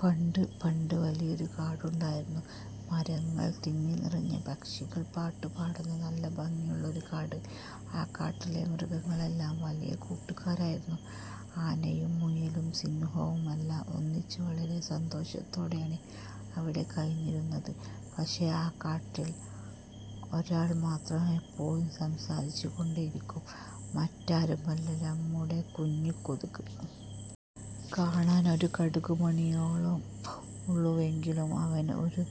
പണ്ട് പണ്ട്, വലിയൊരു കാടുണ്ടായിരുന്നു. മരങ്ങൾ തിങ്ങിനിറഞ്ഞ, പക്ഷികൾ പാട്ടുപാടുന്ന, നല്ല ഭംഗിയുള്ള ഒരു കാട്. ആ കാട്ടിലെ മൃഗങ്ങളെല്ലാം വലിയ കൂട്ടുകാരായിരുന്നു. ആനയും മുയലും സിംഹവുമെല്ലാം ഒന്നിച്ച് വളരെ സന്തോഷത്തോടെയാണ് അവിടെ കഴിഞ്ഞിരുന്നത്. പക്ഷേ, ആ കാട്ടിൽ ഒരാൾ മാത്രം എപ്പോഴും സംസാരിച്ചുകൊണ്ടേയിരിക്കും. മറ്റാരുമല്ല, നമ്മുടെ കുഞ്ഞു കൊതുക്! കാണാൻ ഒരു കടുക് മണിയോളമേ ഉള്ളൂവെങ്കിലും അവൻ ഒരു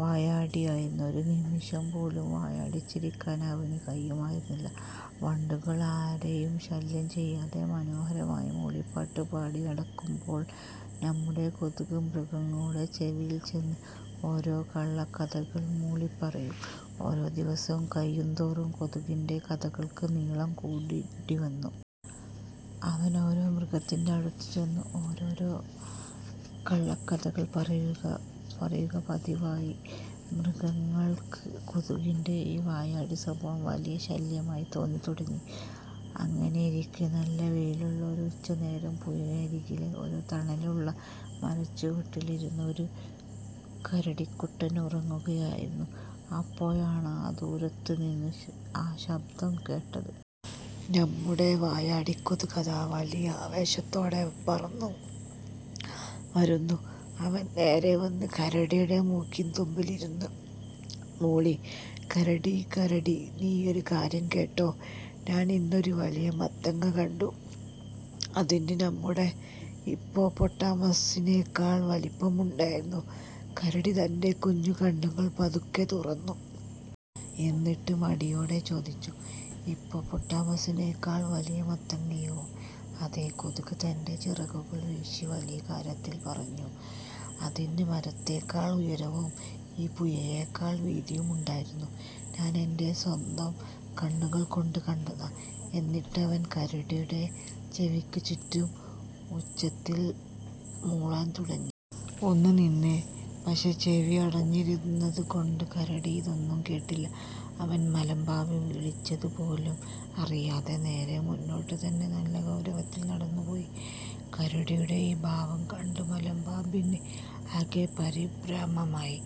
വായാടിയായിരുന്നു. ഒരു നിമിഷം പോലും വായ അടച്ചിരിക്കാൻ അവന് കഴിയുമായിരുന്നില്ല. വണ്ടുകൾ ആരെയും ശല്യം ചെയ്യാതെ മനോഹരമായി മൂളിപ്പാട്ട് പാടി നടക്കുമ്പോൾ, നമ്മുടെ കൊതുക് മൃഗങ്ങളുടെ ചെവിയിൽ ചെന്ന് ഓരോരോ കള്ളക്കഥകൾ മൂളിപ്പറയും! ഓരോ ദിവസം കഴിയുന്തോറും കൊതുകിന്റെ കഥകൾക്ക് നീളം കൂടിവന്നു. അവൻ ഓരോ മൃഗത്തിന്റെയും അടുത്ത് ചെന്ന് ഓരോരോ കള്ളക്കഥകൾ പറയുകപറയുക പതിവായി. മൃഗങ്ങൾക്ക് കൊതുകിന്റെ ഈ വായാടി സ്വഭാവം വലിയൊരു ശല്യമായി തോന്നിത്തുടങ്ങി. അങ്ങനെയിരിക്കെ നല്ല വെയിലുള്ള ഒരു ഉച്ചനേരം പുഴയ്ക്കരികിലെ ഒരു തണലുള്ള മരച്ചുവട്ടിൽ ഇരുന്ന് ഒരു കരടിക്കുട്ടൻ ഉറങ്ങുകയായിരുന്നു. അപ്പോഴാണ് ആദൂരത്തു നിന്ന് ആ ശബ്ദം കേട്ടത്! നമ്മുടെ വായാടി കൊതുക് അതാ വലിയ ആവേശത്തോടെ പറന്നു വരുന്നു! അവൻ നേരെ വന്ന് കരടിയുടെ മൂക്കിൻതുമ്പിലിരുന്ന് മൂളി: "കരടീ, കരടീ… നീയൊരു കാര്യം കേട്ടോ? ഞാൻ ഇന്നൊരു വലിയ മത്തങ്ങ കണ്ടു! അതിന് നമ്മുടെ ഹിപ്പോപ്പൊട്ടാമസിനേക്കാൾ വലിപ്പമുണ്ടായിരുന്നു! " കരടി തന്റെ കുഞ്ഞു കണ്ണുകൾ പതുക്കെ തുറന്നു. എന്നിട്ട് മടിയോടെ ചോദിച്ചു: "ഹിപ്പോപ്പൊട്ടാമസിനേക്കാൾ വലിയ മത്തങ്ങയോ? " "അതെ! " കൊതുക് തന്റെ ചിറകുകൾ വീശി വലിയ കാര്യത്തിൽ പറഞ്ഞു. "അതിന് മരത്തേക്കാൾ ഉയരവും ഈ പുഴയേക്കാൾ വീതിയുമുണ്ടായിരുന്നു! ഞാൻ എന്റെ സ്വന്തം കണ്ണുകൾ കൊണ്ട് കണ്ടതാ! " എന്നിട്ടവൻ കരടിയുടെ ചെവിക്ക് ചുറ്റും പറന്ന് ഉച്ചത്തിൽ മൂളാൻ തുടങ്ങി. ഒന്ന് നിന്നേ… " പക്ഷേ, ചെവി അടഞ്ഞിരുന്നതു കൊണ്ട് കരടി ഇതൊന്നും കേട്ടില്ല. അവൻ മലമ്പാമ്പ് വിളിച്ചതു പോലും അറിയാതെ, നേരെ മുന്നോട്ട് തന്നെ നല്ല ഗൗരവത്തിൽ നടന്നുപോയി. കരടിയുടെ ഈ ഭാവം കണ്ട് മലമ്പാമ്പിന് ആകെ പരിഭ്രമമായി!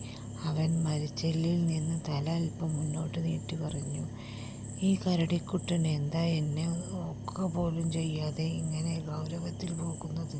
അവൻ മരച്ചില്ലയിൽ നിന്ന് തല അല്പം മുന്നോട്ട് നീട്ടി പറഞ്ഞു "ഈ കരടിക്കുട്ടൻ എന്താ എന്നെ ഒന്ന് നോക്കുക പോലും ചെയ്യാതെ ഇങ്ങനെ ഗൗരവത്തിൽ പോകുന്നത്?